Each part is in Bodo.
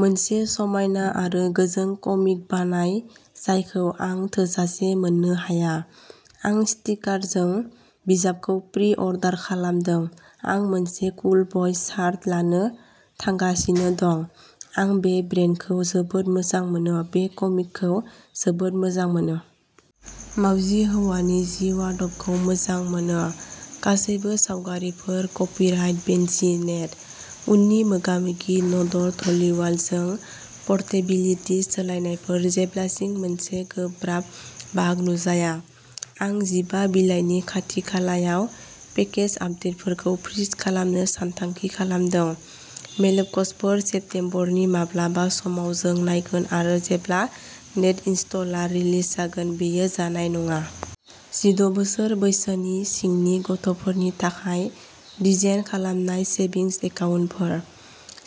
मोनसे समायना आरो गोजों कमिक बानाय जायखौ आं थोजासे मोननो हाया आं स्टिकारजों बिजाबखौ प्रि-अर्डार खालामदों आं मोनसे "कुल बय" शार्ट लानो थांगासिनो दं। आं बे ब्रेन्डखौ जोबोद मोजां मोनो बे कमिकखौ जोबोद मोजां मोनो। मावजि हौवानि जिउ-आदबखौ मोजां मोनो। गासैबो सावगारिफोर कपिराइट बेनजि नेट उननि मोगा-मोगि न्दर धलिवालजों परटेबिलिटि सोलायनायफोर जेब्लासिम मोनसे गोब्राब बाग नुजाया आं जिबा बिलाइनि खाथि-खालायाव पेकेज आपदेटफोरखौ फ्रिज खालामनो सानथांखि खालामदों। मेलबक्सफोर "सेप्तेम्बरनि माब्लाबा समाव" जों नायगोन आरो जेब्ला नेटइनस्टलआ रिलिज जागोन बेयो जानाय नङा। जिद' बोसोर बैसोनि सिंनि गथ'फोरनि थाखाय डिजाइन खालामनाय सेभिंस एकाउन्टफोर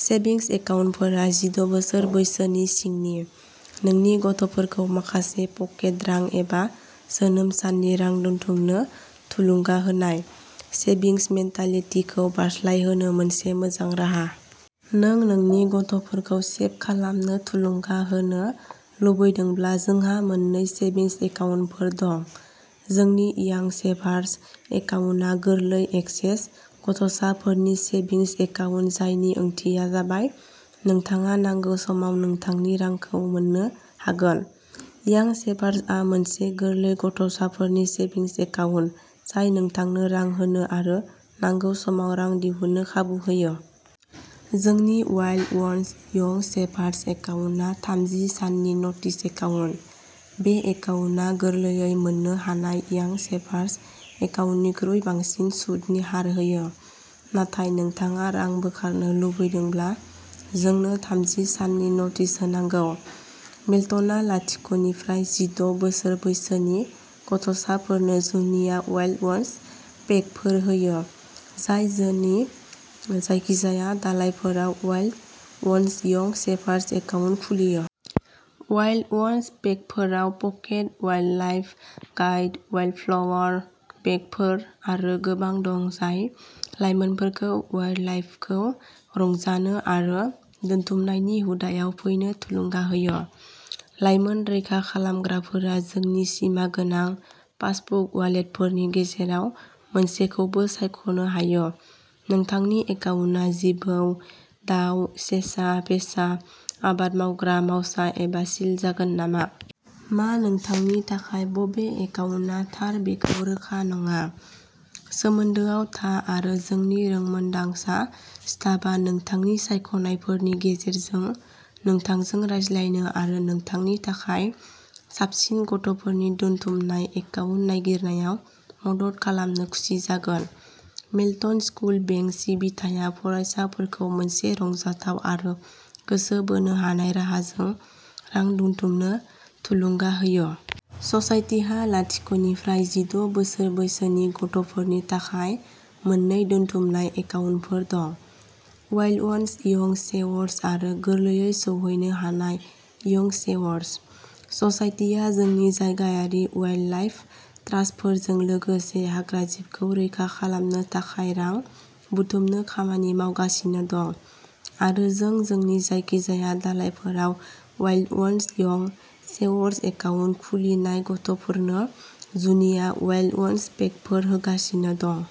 सेभिंस एकाउन्टफोरा जिद' बोसोर बैसोनि सिंनि नोंनि गथ'फोरखौ माखासे पकेट रां एबा जोनोम साननि रां दोनथुमनो थुलुंगा होनाय "सेभिंस मेन्टालिटी" खौ बारस्लायहोनो मोनसे मोजां राहा। नों नोंनि गथ'फोरखौ सेभ खालामनो थुलुंगा होनो लुबैदोंब्ला जोंहा मोननै सेभिंस एकाउन्टफोर दं। जोंनि यांग सेभारस एकाउन्टआ गोरलै एक्सेस गथ'साफोरनि सेभिंस एकाउन्ट जायनि ओंथिया जाबाय नोंथाङा नांगौ समाव नोंथांनि रांखौ मोन्नो हागोन यांग सेभारसआ मोनसे गोरलै गथ'साफोरनि सेभिंस एकाउन्ट जाय नोंथांनो रां होनो आरो नांगौ समाव रां दिहुननो खाबु होयो। जोंनि वाइल्ड वन्स यंग सेभारस एकाउन्टआ थामजि साननि नोटिस एकाउन्ट बे एकाउन्टआ गोरलैयै मोननो हानाय यांग सेभारस एकाउन्टनिख्रुइ बांसिन सुतनि हार होयो। नाथाय नोंथाङा रां बोखारनो लुबैदोंब्ला जोंनो थामजि साननि नोटिस होनांगौ। मेल्टनआ लाथिख' निफ्राय जिद' बोसोर बैसोनि गथ'साफोरनो जुनिया वाइल्ड वन्स पेकफोर होयो जाय जोंनि जायखिजाया दालायफोराव Wild Ones Young Savers account खुलियो। वाइल्ड वन्स पेकफोराव पकेट वाइल्डलाइफ गाइड वाइल्डफ्लावर बेगरफोर आरो गोबां दं जाय लाइमोनफोरखौ वाइल्डलाइफखौ रंजानो आरो दोनथुमनायनि हुदाआव फैनो थुलुंगा होयो। लाइमोन रैखा खालामग्राफोरा जोंनि सिमा गोनां पासबुक वालेटफोरनि गेजेराव मोनसेखौबो सायख'नो हायो नोंथांनि एकाउन्टआ जिबौ, दाव, सेसा, फेसा, आबाद मावग्रा माउसा एबा सिल जागोन नामा? मा नोंथांनि थाखाय बबे एकाउन्टआ थार बेखौ रोखा नङा? सोमोन्दोआव था आरो जोंनि रोंमोन्दांसा स्टाफा नोंथांनि सायख'नायफोरनि गेजेरजों नोंथांजों रायज्लायनो आरो नोंथांनि थाखाय साबसिन गथ'फोरनि दोनथुमनाय एकाउन्ट नागिरनायाव मदद खालामनो खुसि जागोन। मेल्टन स्कुल बेंक सिबिथाया फरायसाफोरखौ मोनसे रंजाथाव आरो गोसो बोनो हानाय राहाजों रां दोनथुमनो थुलुंगा होयो। ससाइटिहा लाथिख' निफ्राय जिद' बोसोर बैसोनि गथ'फोरनि थाखाय मोन्नै दोनथुमनाय एकाउन्टफोर दं। वाइल्ड वन्स यंग सेवर्स आरो गोरलैयै सौहैनो हानाय यंग सेवर्स ससाइटिआ जोंनि जायगायारि वाइल्डलाइफ ट्रास्टफोरजों लोगोसे हाग्राजिबखौ रैखा खालामनो थाखाय रां बुथुमनो खामानि मावगासिनो दं आरो जों जोंनि जायखिजाया दालायफोराव Wild Ones Young Savers account खुलिनाय गथ'फोरनो जुनिया वाइल्ड वन्स पेकफोर होगासिनो दं।